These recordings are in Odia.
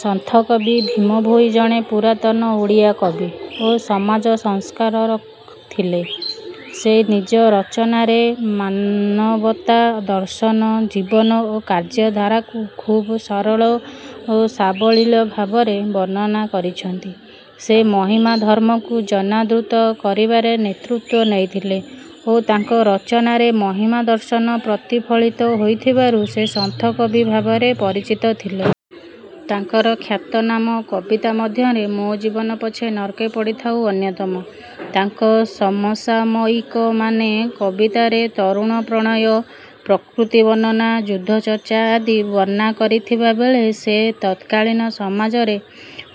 ସନ୍ଥକବି ଭୀମ ଭୋଇ ଜଣେ ପୁରାତନ ଓଡ଼ିଆ କବି ଓ ସମାଜ ସଂସ୍କାରକ ଥିଲେ। ସେ ନିଜ ରଚନାରେ ମାନବତା, ଦର୍ଶନ, ଜୀବନ ଓ କାର୍ଯ୍ୟ ଧାରାକୁ ଖୁବ ସରଳ ଓ ସାବଲୀଳ ଭାବରେ ବର୍ଣ୍ଣନା କରିଛନ୍ତି। ସେ ମହିମା ଧର୍ମକୁ ଜନାଦୃତ କରିବାରେ ନେତୃତ୍ୱ ନେଇଥିଲେ ଓ ତାଙ୍କ ରଚନାରେ ମହିମା ଦର୍ଶନ ପ୍ରତିଫଳିତ ହୋଇଥିବାରୁ ସେ "ସନ୍ଥ କବି" ଭାବରେ ପରିଚିତ ଥିଲେ। ତାଙ୍କର ଖ୍ୟାତନାମା କବିତା ମଧ୍ୟରେ "ମୋ ଜୀବନ ପଛେ ନର୍କେ ପଡ଼ିଥାଉ" ଅନ୍ୟତମ। ତାଙ୍କ ସମସାମୟିକମାନେ କବିତାରେ ତରୁଣ ପ୍ରଣୟ, ପ୍ରକୃତି ବର୍ଣ୍ଣନା, ଯୁଦ୍ଧଚର୍ଚ୍ଚା ଆଦି ବର୍ଣ୍ଣା କରିଥିବା ବେଳେ ସେ ତତ୍କାଳୀନ ସମଜରେ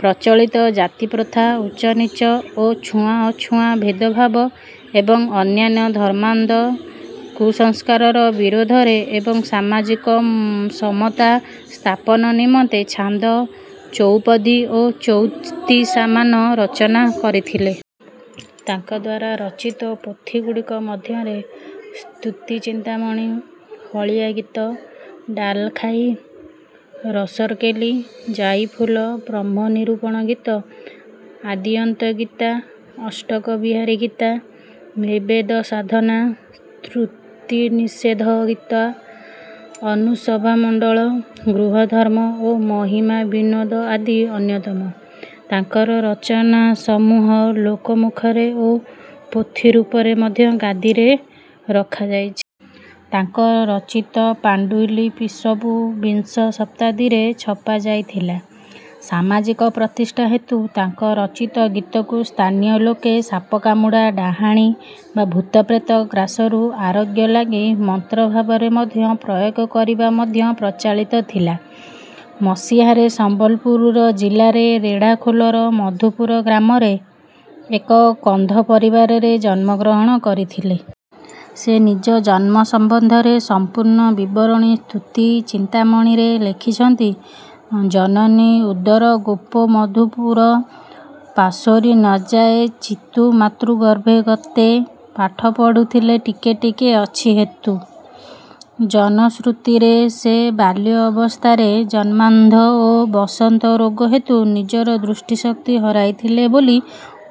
ପ୍ରଚଳିତ ଜାତିପ୍ରଥା, ଉଚ୍ଚନୀଚ ଓ ଛୁଆଁଅଛୁଆଁ ଭେଦଭାବ ଏବଂ ଅନ୍ୟାନ୍ୟ ଧର୍ମାନ୍ଧ କୁସଂସ୍କାରର ବିରୋଧରେ ଏବଂ ସାମାଜିକ ସମତା ସ୍ଥାପନା ନିମନ୍ତେ ଛାନ୍ଦ, ଚଉପଦୀ ଓ ଚଉତିଶାମାନ ରଚନା କରିଥିଲେ। ତାଙ୍କଦ୍ୱାରା ରଚିତ ପୋଥିଗୁଡ଼ିକ ମଧ୍ୟରେ ସ୍ତୁତିଚିନ୍ତାମଣି, ହଳିଆ ଗୀତ, ଡାଲଖାଈ, ରସରକେଲି, ଯାଇଫୁଲ, ବ୍ରହ୍ମ ନିରୂପଣ ଗୀତା, ଆଦିଅନ୍ତ ଗୀତା, ଅଷ୍ଟକ ବିହାରୀ ଗୀତା, ନିର୍ବେଦ ସାଧନା, ଶ୍ରୁତିନିଷେଧ ଗୀତା, ମନୁସଭାମଣ୍ଡଳ, ଗୃହଧର୍ମ ଓ ମହିମାବିନୋଦ ଆଦି ଅନ୍ୟତମ। ତାଙ୍କର ରଚନାସମୂହ ଲୋକମୁଖରେ ଓ ପୋଥି ରୂପରେ ମଧ୍ୟ ଗାଦିରେ ରଖାଯାଇଛି। ତାଙ୍କ ରଚିତ ପାଣ୍ଡୁଲିପିସବୁ ବିଂଶ ଶତାବ୍ଦୀରେ ଛପାଯାଇଥିଲା। ସାମାଜିକ ପ୍ରତିଷ୍ଠା ହେତୁ ତାଙ୍କ ରଚିତ ଗୀତକୁ ସ୍ଥାନୀୟ ଲୋକେ ସାପକାମୁଡ଼ା, ଡାଆଣୀ ବା ଭୂତପ୍ରେତ ଗ୍ରାସରୁ ଆରୋଗ୍ୟ ଲାଗି ମନ୍ତ୍ର ଭାବରେ ମଧ୍ୟ ପ୍ରୟୋଗ କରିବା ମଧ୍ୟ ପ୍ରଚଳିତ ଥିଲା। ମସିହାରେ ସମ୍ବଲପୁର ଜିଲ୍ଲାର ରେଢ଼ାଖୋ ଲର ମଧୁପୁର ଗ୍ରାମରେ ଏକ କନ୍ଧ ପରିବାରରେ ଜନ୍ମଗ୍ରହଣ କରିଥିଲେ। ସେ ନିଜ ଜନ୍ମ ସମ୍ବନ୍ଧରେ ସମ୍ପୂର୍ଣ୍ଣ ବିବରଣୀ ସ୍ତୁତି ଚିନ୍ତାମଣିରେ ଲେଖିଛନ୍ତି: ଜନନୀ ଉଦର ଗୋପ ମଧୁପୁର ପାଶୋରି ନ ଯାଏ ଚିତ୍ତୁ ମାତୃଗର୍ଭେଗତେ ପାଠ ପଢ଼ୁଥିଲି ଟିକେ ଟିକେ ଅଛି ହେତୁ।। ଜନଶ୍ରୁତିରେ ସେ ବାଲ୍ୟାବସ୍ଥାରେ ଜନ୍ମାନ୍ଧ ଓ ବସନ୍ତ ରୋଗ ହେତୁ ନିଜର ଦୃଷ୍ଟିଶକ୍ତି ହରାଇଥିଲେ ବୋଲି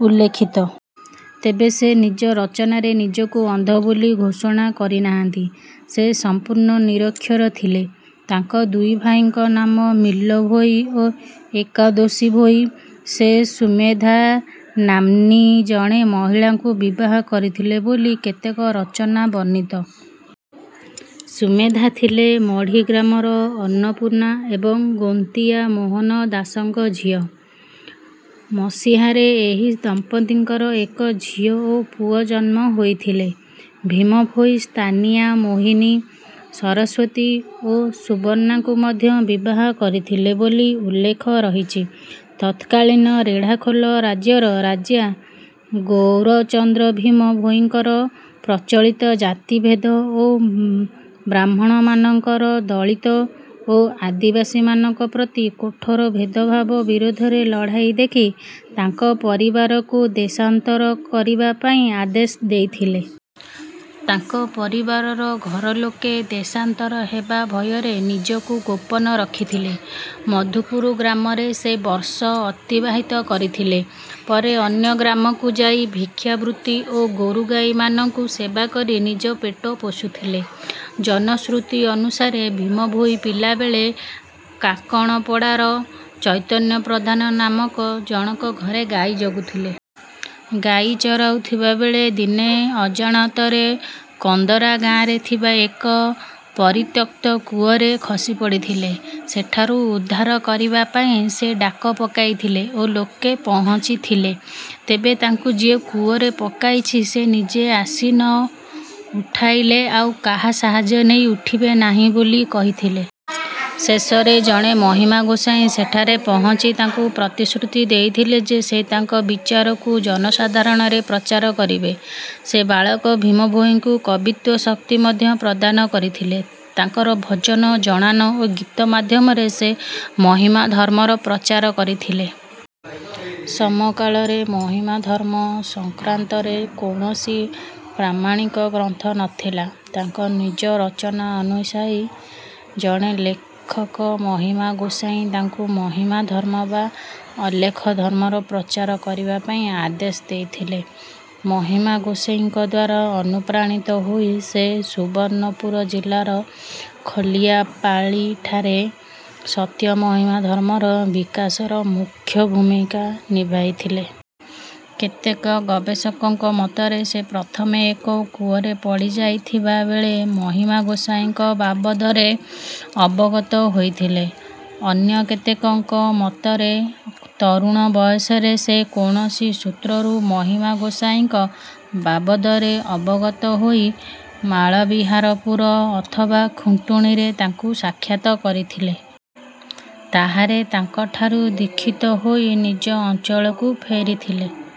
ଉଲ୍ଲିଖିତ। ତେବେ ସେ ନିଜ ରଚନାରେ ନିଜକୁ ଅନ୍ଧ ବୋଲି ଘୋଷଣା କରିନାହାନ୍ତି। ସେ ସମ୍ପୂର୍ଣ୍ଣ ନିରକ୍ଷର ଥିଲେ। ତାଙ୍କ ଦୁଇ ଭାଇଙ୍କ ନାମ ମିଲ୍ଲ ଭୋଇ ଓ ଏକାଦୋଷୀ ଭୋଇ। ସେ ସୁମେଧା ନାମ୍ନୀ ଜଣେ ମହିଳାଙ୍କୁ ବିବାହ କରିଥିଲେ ବୋଲି କେତେକ ରଚନାରେ ବର୍ଣ୍ଣିତ। ସୁମେଧା ଥିଲେ ମଢ଼ି ଗ୍ରାମର ଅନ୍ନପୂର୍ଣ୍ଣା ଏବଂ ଗୌନ୍ତିଆ ମୋହନ ଦାସଙ୍କ ଝିଅ। ମସିହାରେ ଏହି ଦମ୍ପତ୍ତିଙ୍କର ଏକ ଝିଅ ଓ ପୁଅ ଜନ୍ମ ହୋଇଥିଲେ। ଭୀମ ଭୋଇ ସ୍ଥାନୀୟା ମୋହିନୀ, ସରସ୍ୱତୀ ଓ ସୁବର୍ଣ୍ଣାଙ୍କୁ ମଧ୍ୟ ବିବାହ କରିଥିଲେ ବୋଲି ଉଲ୍ଲେଖ ରହିଛି। ତତ୍କାଳୀନ ରେଢ଼ାଖୋଲ ରାଜ୍ୟର ରାଜା ଗୌରଚନ୍ଦ୍ର ଭୀମ ଭୋଇଙ୍କର ପ୍ରଚଳିତ ଜାତି ଭେଦ ଓ ବ୍ରାହ୍ମଣମାନଙ୍କର ଦଳିତ ଓ ଆଦିବାସୀମାନଙ୍କ ପ୍ରତି କଠୋର ଭେଦଭାବ ବିରୋଧରେ ଲଢ଼ାଇ ଦେଖି ତାଙ୍କ ପରିବାରକୁ ଦେଶାନ୍ତର କରିବା ପାଇଁ ଆଦେଶ ଦେଇଥିଲେ। ତାଙ୍କ ପରିବାର ଘରଲୋକେ ଦେଶାନ୍ତର ହେବା ଭୟରେ ନିଜକୁ ଗୋପନ ରଖିଥିଲେ। ମଧୁପୁର ଗ୍ରାମରେ ସେ ବର୍ଷ ଅତିବାହିତ କରିଥିଲେ। ପରେ ଅନ୍ୟ ଗ୍ରାମକୁ ଯାଇ ଭିକ୍ଷା ବୃତ୍ତି ଓ ଗୋରୁଗାଈମାନଙ୍କୁ ସେବା କରି ନିଜ ପେଟ ପୋଷୁଥିଲେ। ଜନଶ୍ରୁତି ଅନୁସାରେ ଭୀମ ଭୋଇ ପିଲା ବେଳେ କାକଣପଡ଼ାର ଚୈତନ୍ୟ ପ୍ରଧାନ ନାମକ ଜଣକ ଘରେ ଗାଈ ଜଗୁଥିଲେ। ଗାଈ ଚରାଉ ଥିବା ବେଳେ ଦିନେ ଅଜାଣତରେ କନ୍ଦରା ଗାଁରେ ଥିବା ଏକ ପରିତ୍ୟକ୍ତ କୂଅରେ ଖସିପଡ଼ିଥିଲେ। ସେଠାରୁ ଉଦ୍ଧାର କରିବାପାଇଁ ସେ ଡାକ ପକାଇଥିଲେ ଓ ଲୋକେ ପହଞ୍ଚିଥିଲେ। ତେବେ ତାଙ୍କୁ ଯିଏ କୂଅରେ ପକାଇଛି ସେ ନିଜେ ଆସି ନ ଉଠାଇଲେ ଆଉ କାହା ସାହାଯ୍ୟ ନେଇ ଉଠିବେ ନାହିଁ ବୋଲି କହିଥିଲେ। ଶେଷରେ ଜଣେ ମହିମା ଗୋସାଇଁ ସେଠାରେ ପହଞ୍ଚି ତାଙ୍କୁ ପ୍ରତିଶ୍ରୁତି ଦେଇଥିଲେ ଯେ ସେ ତାଙ୍କ ବିଚାରକୁ ଜନସାଧାରଣରେ ପ୍ରଚାର କରିବେ। ସେ ବାଳକ ଭୀମଭୋଇଙ୍କୁ କବିତ୍ୱ-ଶକ୍ତି ମଧ୍ୟ ପ୍ରଦାନ କରିଥିଲେ। ତାଙ୍କର ଭଜନ, ଜଣାଣ ଓ ଗୀତ ମାଧ୍ୟମରେ ସେ ମହିମା ଧର୍ମର ପ୍ରଚାର କରିଥିଲେ। ସମକାଳରେ ମହିମାଧର୍ମ ସଂକ୍ରାନ୍ତରେ କୌଣସି ପ୍ରାମାଣିକ ଗ୍ରନ୍ଥ ନଥିଲା। ତାଙ୍କ ନିଜ ରଚନା ଅନୁଯାୟୀ ଜଣେ ଅଲେଖ ମହିମା ଗୋସାଇଁ ତାଙ୍କୁ ମହିମା ଧର୍ମ ବା ଅଲେଖ ଧର୍ମର ପ୍ରଚାର କରିବାପାଇଁ ଆଦେଶ ଦେଇଥିଲେ। ମହିମା ଗୋସାଇଁଙ୍କଦ୍ୱାରା ଅନୁପ୍ରାଣିତ ହୋଇ ସେ ସୁବର୍ଣ୍ଣପୁର ଜିଲ୍ଲାର ଖଲିଆପାଲିଠାରେ ସତ୍ୟ ମହିମା ଧର୍ମର ବିକାଶରେ ମୁଖ୍ୟ ଭୂମିକା ନିଭାଇଥିଲେ। କେତେକ ଗବେଷକଙ୍କ ମତରେ ସେ ପ୍ରଥମେ ଏକ କୂଅରେ ପଡ଼ିଯାଇଥିବା ବେଳେ ମହିମା ଗୋସାଇଁଙ୍କ ବାବଦରେ ଅବଗତ ହୋଇଥିଲେ। ଅନ୍ୟ କେତେକଙ୍କ ମତରେ ତରୁଣ ବୟସରେ ସେ କୌଣସି ସୂତ୍ରରୁ ମହିମା ଗୋସାଇଁଙ୍କ ବାବଦରେ ଅବଗତ ହୋଇ ମାଳବିହାରପୁର ଅଥବା ଖୁଣ୍ଟୁଣିରେ ତାଙ୍କୁ ସାକ୍ଷାତ କରିଥିଲେ। ତାହାରେ ତାଙ୍କଠାରୁ ଦୀକ୍ଷିତ ହୋଇ ନିଜ ଅଞ୍ଚଳକୁ ଫେରିଥିଲେ।